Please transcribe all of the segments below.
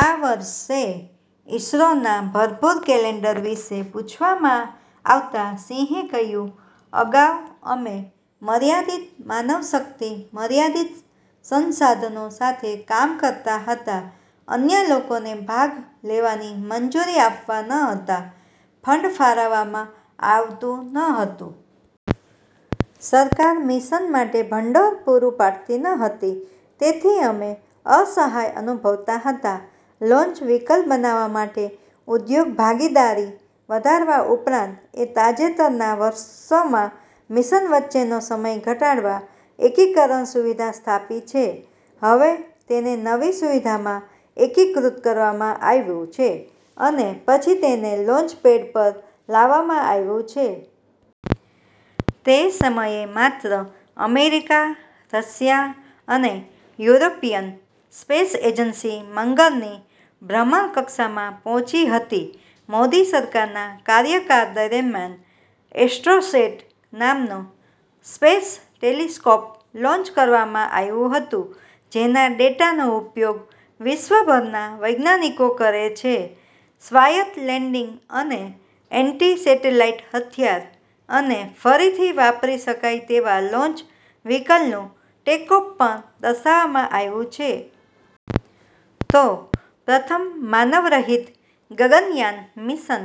આ વર્ષે ઈસરોના ભરપૂર કેલેન્ડર વિશે પૂછવામાં આવતા સિંહે કહ્યું, "અગાઉ અમે મર્યાદિત માનવશક્તિ, મર્યાદિત સંસાધનો સાથે કામ કરતા હતા. અન્ય લોકોને ભાગ લેવાની મંજૂરી આપતા ન હતા. ફંડ ફાળવવામાં આવતું ન હતું. સરકાર મિશન માટે ભંડોળ પૂરું પાડતી ન હતી. તેથી અમે અસહાય અનુભવતા હતા. લોન્ચ વ્હીકલ બનાવવા માટે ઉદ્યોગ ભાગીદારી વધારવા ઉપરાંત, એ તાજેતરના વર્ષોમાં મિશન વચ્ચેનો સમય ઘટાડવા એકીકરણ સુવિધા સ્થાપી છે. હવે, તેને નવી સુવિધામાં એકીકૃત કરવામાં આવ્યું છે અને પછી તેને લોન્ચ પેડ પર લાવવામાં આવ્યું છે. તે સમયે માત્ર અમેરિકા, રશિયા અને યુરોપિયન સ્પેસ એજન્સી મંગળની ભ્રમણકક્ષામાં પહોંચી હતી. મોદી સરકારના કાર્યકાળ દરમિયાન એસ્ટ્રોસેટ નામનું સ્પેસ ટેલિસ્કોપ લોન્ચ કરવામાં આવ્યું હતું, જેના ડેટાનો ઉપયોગ વિશ્વભરના વૈજ્ઞાનિકો કરે છે. સ્વાયત્ત લેન્ડિંગ અને એન્ટી-સેટેલાઇટ હથિયાર અને ફરીથી વાપરી શકાય તેવા લોન્ચ વ્હીકલનું ટેકઓફ પણ દર્શાવવામાં આવ્યું છે. તો, પ્રથમ માનવરહિત ગગનયાન મિશન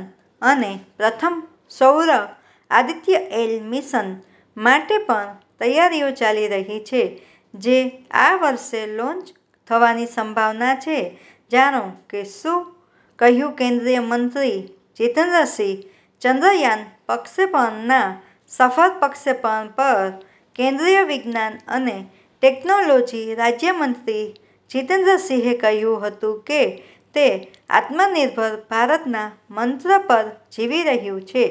અને પ્રથમ સૌર આદિત્ય એલ મિશન માટે પણ તૈયારીઓ ચાલી રહી છે, જે આ વર્ષે લોન્ચ થવાની સંભાવના છે. જાણો શું કહ્યું કેન્દ્રીય મંત્રી જીતેન્દ્ર સિંહ? ચંદ્રયાન પ્રક્ષેપણના સફળ પ્રક્ષેપણ પર કેન્દ્રીય વિજ્ઞાન અને ટેકનોલોજી રાજ્ય મંત્રી જિતેન્દ્ર સિંહે કહ્યું હતું કે, તે આત્મનિર્ભર ભારતના મંત્ર પર જીવી રહ્યું છે.